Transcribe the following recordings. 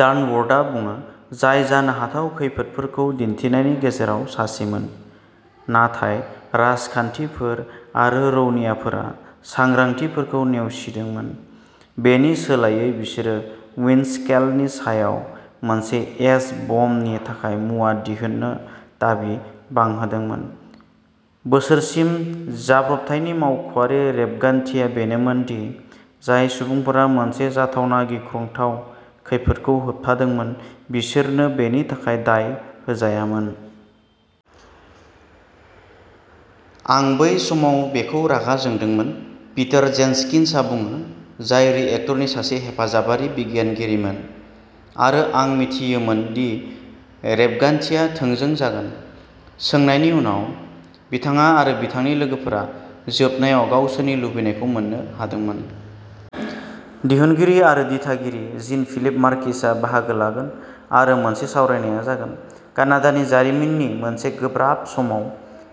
डानवर्थआ बुङो, जाय जानो हाथाव खैफोदफोरखौ दिन्थिनायनि गेजेराव सासेमोन। नाथाय राजखान्थिगिरिफोर आरो रौनियाफोरा सांग्रांथिफोरखौ नेवसिदोंमोन; बेनि सोलायै बिसोरो उइन्डस्केलनि सायाव मोनसे एच-बमनि थाखाय मुवा दिहुननो दाबि बांहोदोंमोन। बोसोरसिम, जाब्रबथायनि मावख'आरि रेबगान्थिया बेनोमोन दि जाय सुबुंफोरा मोनसे जाथावना गिख्रंथाव खैफोदखौ होबथादोंमोन बिसोरनो बेनि थाखाय दाय होजायोमोन। "आं बै समाव बेखौ रागा जोंदोंमोन", पिटार जेनकिन्सनआ बुङो, जाय रिएक्टरनि सासे हेफाजाबारि बिगियानगिरिमोन, "आरो आं मिजिंथियोमोन दि रेबगान्थिया थोंजों जागोन। " सोंनायनि उनाव, बिथाङा आरो बिथांनि लोगोफोरा जोबनायाव गावसोरनि लुबैनायखौ मोन्नो हादोंमोन। दिहुनगिरि आरो दिथागिरि जीन-फिलिप मार्किसआ बाहागो लागोन आरो मोनसे सावरायनाया जागोन। कानाडानि जारिमिननि मोनसे गोब्राब समाव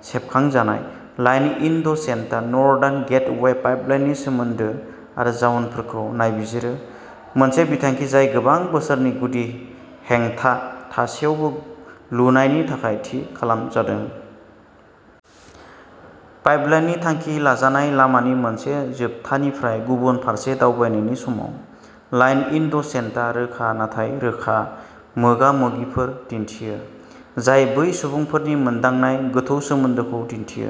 सेबखांजानाय, line in the सेन्डआ northern gateway पाइपलाइननि सोमोन्दो आरो जाउनफोरखौ नायबिजिरो-मोनसे बिथांखि जाय गोबां बोसोरनि गुदि हेंथा थासेयावबो लुनायनि थाखाय थि खालामजादों। पाइपलाइननि थांखि लाजानाय लामानि मोनसे जोबथानिफ्राय गुबुन फारसे दावबायनायनि समाव, लाइन इन द सेन्डआ रोखा नाथाय रोखा मोगा-मोगिफोर दिन्थियो, जाय बै सुबुंफोरनि मोनदांनाय गोथौ सोमोन्दोखौ दिन्थियो,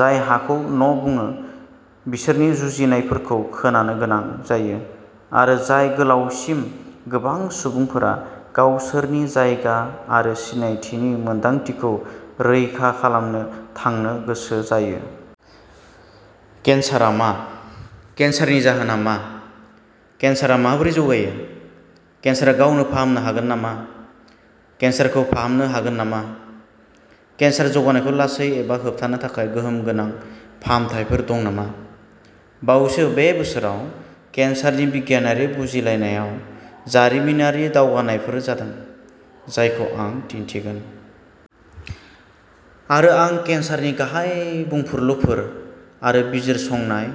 जाय हाखौ न'बुङो, बिसोरनि जुजिनायफोरखौ खोनानो गोनां जायो, आरो जाय गोलावसिम गोबां सुबुंफोरा गावसोरनि जायगा आरो सिनायथिनि मोनदांथिखौ रैखा खालामनो थांनो गोसो जायो। केन्सारआ मा? केन्सारनि जाहोना मा? केन्सारआ माबोरै जौगायो? केन्सारआ गावनो फाहामनो हागोन नामा? केन्सारखौ फाहामनो हागोन नामा? केन्सार जौगानायखौ लासै एबा होबथानो थाखाय गोहोम गोनां फाहामथायफोर दं नामा? बावैसो बे बोसोराव केन्सारनि बिगियानारि बुजिलायनायाव जारिमिनारि दावगानायफोर जादों, जायखौ आं दिन्थिगोन। आरो आं केन्सारनि गाहाय बुंफुरलुफोर आरो बिजिरसंनाय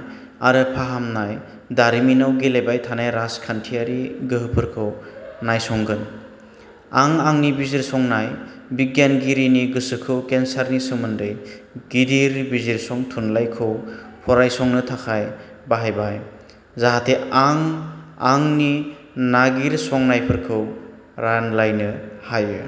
आरो फाहामनाय दारिमिनाव गेलेबाय थानाय राजखान्थियारि गोहोफोरखौ नायसंगोन। आं आंनि बिजिरसंनाय बिगियानगिरिनि गोसोखौ केन्सारनि सोमोन्दै गिदिर बिजिरसं थुनलाइखौ फरायसंनो थाखाय बाहायबाय, जाहाथे आं आंनि नागिरसंनायफोरखौ रानलायनो हायो।